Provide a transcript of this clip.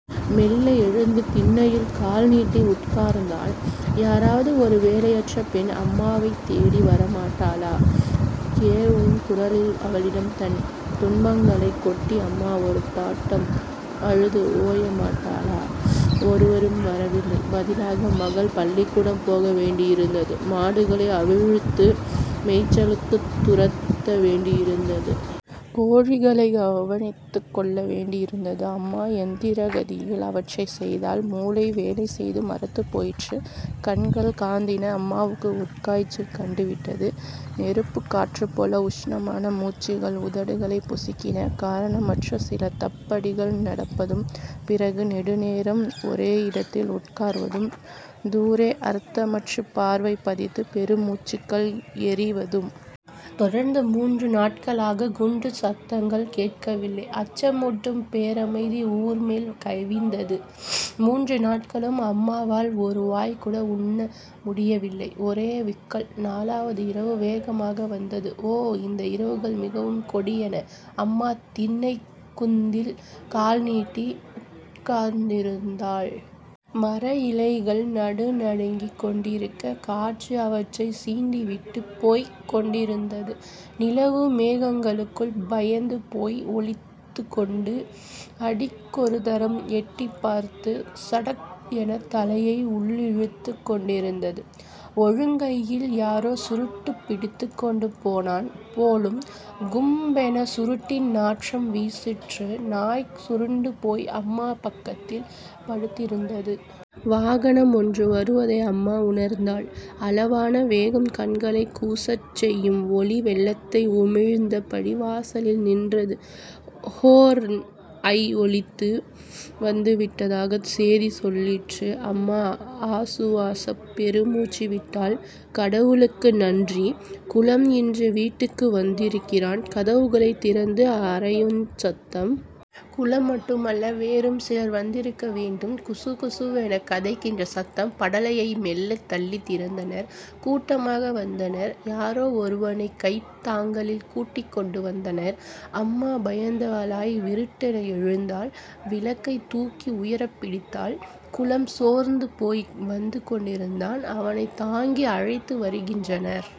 மெல்ல எழுந்து திண்ணையில் கால் நீட்டி உட்கார்ந்தாள். யாராவது ஒரு வேலையற்ற பெண் அம்மாவைத்தேடி வரமாட்டாளா? கேவும் குரலில் அவளிடம் தன் துன்பங்களைக் கொட்டி அம்மா ஒரு பாட்டம் அழுது ஓயமாட்டாளா? ஒருவரும் வரவில்லை. பதிலாக மகள் பள்ளிக்கூடம் போக வேண்டியிருந்தது. மாடுகளை அவிழ்த்து மேய்ச்சலுக்குத் துரத்த வேண்டியிருந்தது. கோழிகளைக் கவனித்துக் கொள்ள வேண்டியிருந்தது. அம்மா யந்திரகதியில், அவற்றைச் செய்தாள். மூளை வேலை செய்து மரத்துப் போயிற்று. கண்கள் காந்தின. அம்மாவுக்கு உட்காய்ச்சல் கண்டுவிட்டது. நெருப்புக் காற்றுப்போல உஷ்ணமான மூச்சுக்கள் உதடுகளைப் பொசுக்கின. காரணமற்ற சில தப்படிகள் நடப்பதும்... பிறகு நெடுநேரம் ஒரேயிடத்தில் உட்கார்வதும்... தூரே அர்த்தமற்றுப் பார்வை பதித்து பெருமூச்சுக்கள் எறிவதும்... தொடர்ந்து மூன்று நாட்களாகக் குண்டுச் சத்தங்கள் கேட்கவில்லை அச்சமூட்டும் பேரமைதி ஊர்மேல் கவிந்தது. மூன்று நாட்களும் அம்மாவால் ஒரு வாய்கூட உண்ண முடியவில்லை. ஒரே விக்கல்! நாலாவது இரவு வேகமாக வந்தது. ஓ! இந்த இரவுகள் மிகவும் கொடியன. அம்மா திண்ணைக் குந்தில் கால்நீட்டி உட்கார்ந்திருந்தாள். மரஇலைகள் நடுநடுங்கிக் கொண்டிருக்க, காற்று அவற்றைச் சீண்டிவிட்டுப் போய்க் கொண்டிருந்தது. நிலவு மேகங்களுக்குள் பயந்து போய் ஒளித்துக்கொண்டு அடிக்கொருதரம் எட்டிப்பார்த்து, 'சடக்' எனத் தலையை உள்ளிழுத்துக் கொண்டிருந்தது. ஒழுங்கையில் யாரோ சுருட்டுப் பிடித்துக்கொண்டு போனான் போலும். 'கும்'பென சுருட்டின் நாற்றம் வீசிற்று. நாய் சுருண்டுபோய் அம்மா பக்கத்தில் படுத்திருந்தது. வாகனம் ஒன்று வருவதை அம்மா உணர்ந்தாள். அளவான வேகம். கண்களைக் கூசச் செய்யும் ஒளி வெள்ளத்தை உமிழ்ந்த படி வாசலில் நின்றது. 'ஹோர்ன்' ஐ ஒலித்து, வந்துவிட்டதாகச் சேதி சொல்லிற்று. அம்மா ஆசுவாசப் பெருமூச்சு விட்டாள். கடவுளுக்கு நன்றி! குலம் இன்று வீட்டுக்கு வந்திருக்கிறான்! கதவுகளைத் திறந்து அறையுஞ் சத்தம். குலம் மட்டுமல்ல வேறும் சிலர் வந்திருக்கவேண்டும். குசுகுசுவெனக் கதைக்கின்ற சத்தம். படலையை மெல்லத் தள்ளித் திறந்தனர். கூட்டமாக வந்தனர். யாரோ ஒருவனைக் கைத் தாங்களில் கூட்டிக்கொண்டு வந்தனர். அம்மா பயந்தவளாய் விருட்டென எழுந்தாள். விளக்கை தூக்கி உயரப்பிடித்தாள். குலம் சோர்ந்துபோய் வந்துகொண்டிருந்தான். அவனைத் தாங்கி அழைத்து வருகின்றனர்.